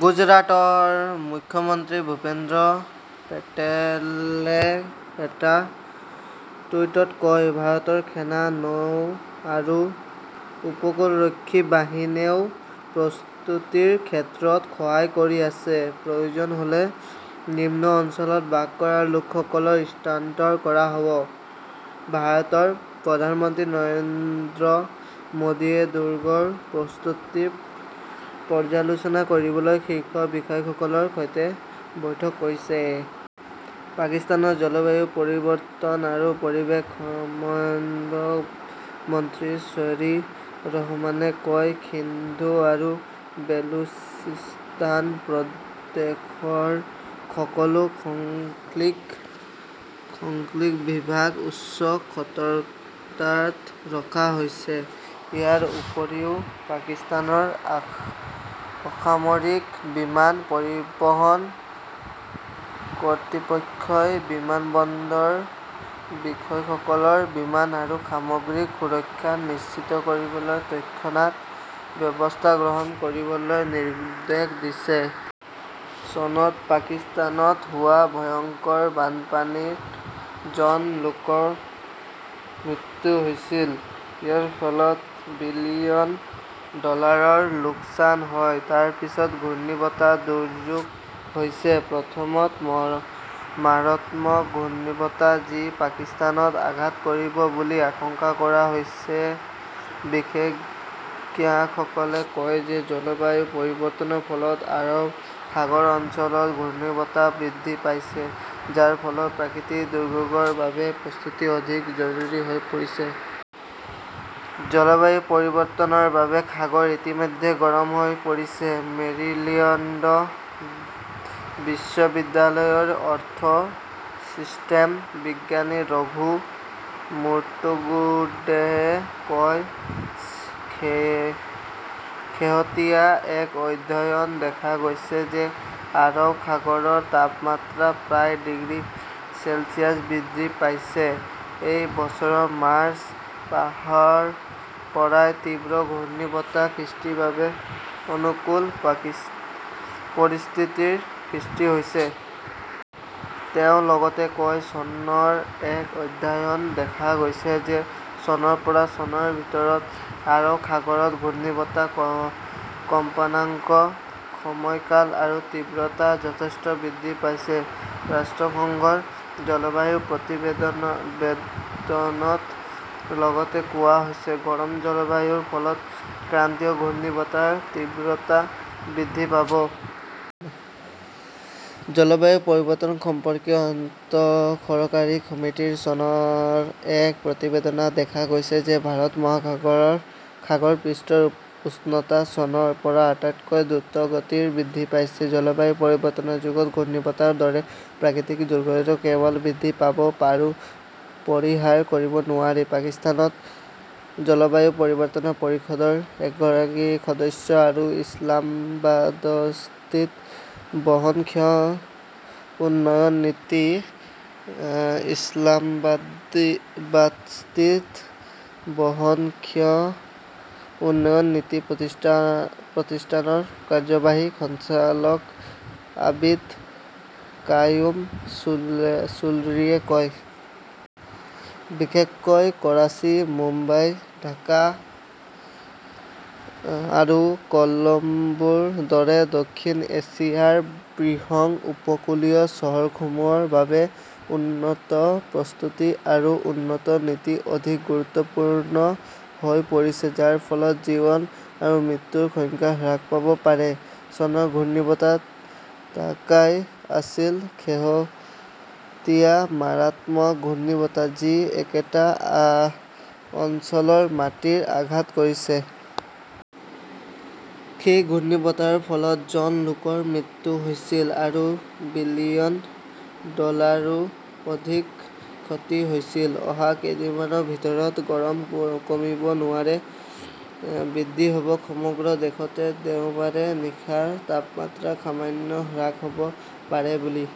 গুজৰাটৰ মুখ্যমন্ত্ৰী ভূপেন্দ্ৰ পেটেলে এটা টুইটত কয়, "ভাৰতৰ সেনা, নৌ আৰু উপকূলৰক্ষী বাহিনীয়েও প্ৰস্তুতিৰ ক্ষেত্ৰত সহায় কৰি আছে। প্ৰয়োজন হ "লে নিম্ন অঞ্চলত বাস কৰা লোকসকলক স্থানান্তৰ কৰা হ" ব। "ভাৰতৰ প্ৰধানমন্ত্ৰী নৰেন্দ্ৰ মোদীয়ে দুৰ্যোগৰ প্ৰস্তুতি পৰ্যালোচনা কৰিবলৈ শীৰ্ষ বিষয়াসকলৰ সৈতে বৈঠক কৰিছে। পাকিস্তানৰ জলবায়ু পৰিৱৰ্তন আৰু পৰিৱেশ সমন্বয় মন্ত্ৰী শ্বেৰী ৰহমানে কয়, "সিন্ধু আৰু বেলুচিস্তান প্ৰদেশৰ সকলো সংশ্লিষ্ট বিভাগ উচ্চ সতৰ্কতাত ৰখা হৈছে। "ইয়াৰ উপৰিও, পাকিস্তানৰ অসামৰিক বিমান পৰিবহণ কৰ্তৃপক্ষই বিমানবন্দৰৰ বিষয়াসকলক বিমান আৰু সামগ্ৰীৰ সুৰক্ষা নিশ্চিত কৰিবলৈ তৎক্ষণাত ব্যৱস্থা গ্ৰহণ কৰিবলৈ নিৰ্দেশ দিছে। চনত পাকিস্তানত হোৱা ভয়ংকৰ বানপানীত জন লোকৰ মৃত্যু হৈছিল। ইয়াৰ ফলত বিলিয়ন ডলাৰৰ লোকচান হয়। তাৰ পিছত ঘূৰ্ণীবতাহ "দুৰ্যোগ" হৈছে প্ৰথম মাৰাত্মক ঘূৰ্ণীবতাহ যি পাকিস্তানত আঘাত কৰিব বুলি আশংকা কৰা হৈছে। বিশেষজ্ঞসকলে কয় যে জলবায়ু পৰিৱৰ্তনৰ ফলত আৰৱ সাগৰ অঞ্চলত ঘূৰ্ণীবতাহ বৃদ্ধি পাইছে, যাৰ ফলত প্ৰাকৃতিক দুৰ্যোগৰ বাবে প্ৰস্তুতি অধিক জৰুৰী হৈ পৰিছে। "জলবায়ু পৰিৱৰ্তনৰ বাবে সাগৰ ইতিমধ্যে গৰম হৈ পৰিছে", মেৰিল্যাণ্ড বিশ্ববিদ্যালয়ৰ অৰ্থ চিষ্টেম বিজ্ঞানী ৰঘু মুৰ্টুগুডেয়ে কয়। "শেহতীয়া এক অধ্যয়নত দেখা গৈছে যে আৰৱ সাগৰৰ তাপমাত্ৰা প্ৰায় ডিগ্ৰী চেলছিয়াছ বৃদ্ধি পাইছে। এই বছৰৰ মাৰ্চ মাহৰ পৰাই তীব্ৰ ঘূৰ্ণীবতাহৰ সৃষ্টিৰ বাবে অনুকূল পৰিস্থিতিৰ সৃষ্টি হৈছে। "তেওঁ লগতে কয়", চনৰ এক অধ্যয়নত দেখা গৈছে যে চনৰ পৰা চনৰ ভিতৰত আৰৱ সাগৰত ঘূৰ্ণীবতাহৰ কম্পনাংক, সময়কাল আৰু তীব্ৰতা যথেষ্ট বৃদ্ধি পাইছে। "ৰাষ্ট্ৰসংঘৰ জলবায়ু প্ৰতিবেদনত লগতে কোৱা হৈছে", গৰম জলবায়ুৰ ফলত ক্ৰান্তীয় ঘূৰ্ণীবতাহৰ তীব্ৰতা বৃদ্ধি পাব। "জলবায়ু পৰিৱৰ্তন সম্পৰ্কীয় আন্তঃসৰকাৰী সমিতিৰ চনৰ এক প্ৰতিবেদনত দেখা গৈছে যে ভাৰত মহাসাগৰৰ সাগৰৰ পৃষ্ঠৰ উষ্ণতা চনৰ পৰা আটাইতকৈ দ্ৰুতগতিত বৃদ্ধি পাইছে। "জলবায়ু পৰিৱৰ্তনৰ যুগত ঘূৰ্ণীবতাহৰ দৰে প্ৰাকৃতিক দুৰ্যোগ কেৱল বৃদ্ধি পাব আৰু পৰিহাৰ কৰিব নোৱাৰি", পাকিস্তানৰ জলবায়ু পৰিৱৰ্তন পৰিষদৰ এগৰাকী সদস্য আৰু ইছলামাবাদস্থিত বহনক্ষম উন্নয়ন নীতি প্ৰতিষ্ঠানৰ কাৰ্যবাহী সঞ্চালক আবিদ কায়ুম চুলৰীয়ে কয়। বিশেষকৈ কৰাচী, মুম্বাই, ঢাকা আৰু কলম্বোৰ দৰে দক্ষিণ এছিয়াৰ বৃহৎ উপকূলীয় চহৰসমূহৰ বাবে উন্নত প্ৰস্তুতি আৰু উন্নত নীতি অধিক গুৰুত্বপূৰ্ণ হৈ পৰিছে; যাৰ ফলত জীৱন আৰু মৃত্যুৰ সংখ্যা হ্ৰাস পাব পাৰে। " চনত ঘূৰ্ণীবতাহ" তাকাই "আছিল শেহতীয়া মাৰাত্মক ঘূৰ্ণীবতাহ, যি একেটা অঞ্চলৰ মাটিত আঘাত কৰিছিল। সেই ঘূৰ্ণীবতাহৰ ফলত জন লোকৰ মৃত্যু হৈছিল আৰু বিলিয়ন ডলাৰৰো অধিক ক্ষতি হৈছিল। অহা কেইদিনমানৰ ভিতৰত গৰম কমিব নোৱাৰে, বৃদ্ধি হ 'ব সমগ্ৰ দেশতে দেওবাৰে নিশাৰ তাপমাত্ৰা সামান্য হ্ৰাস হ "ব পাৰে বুলি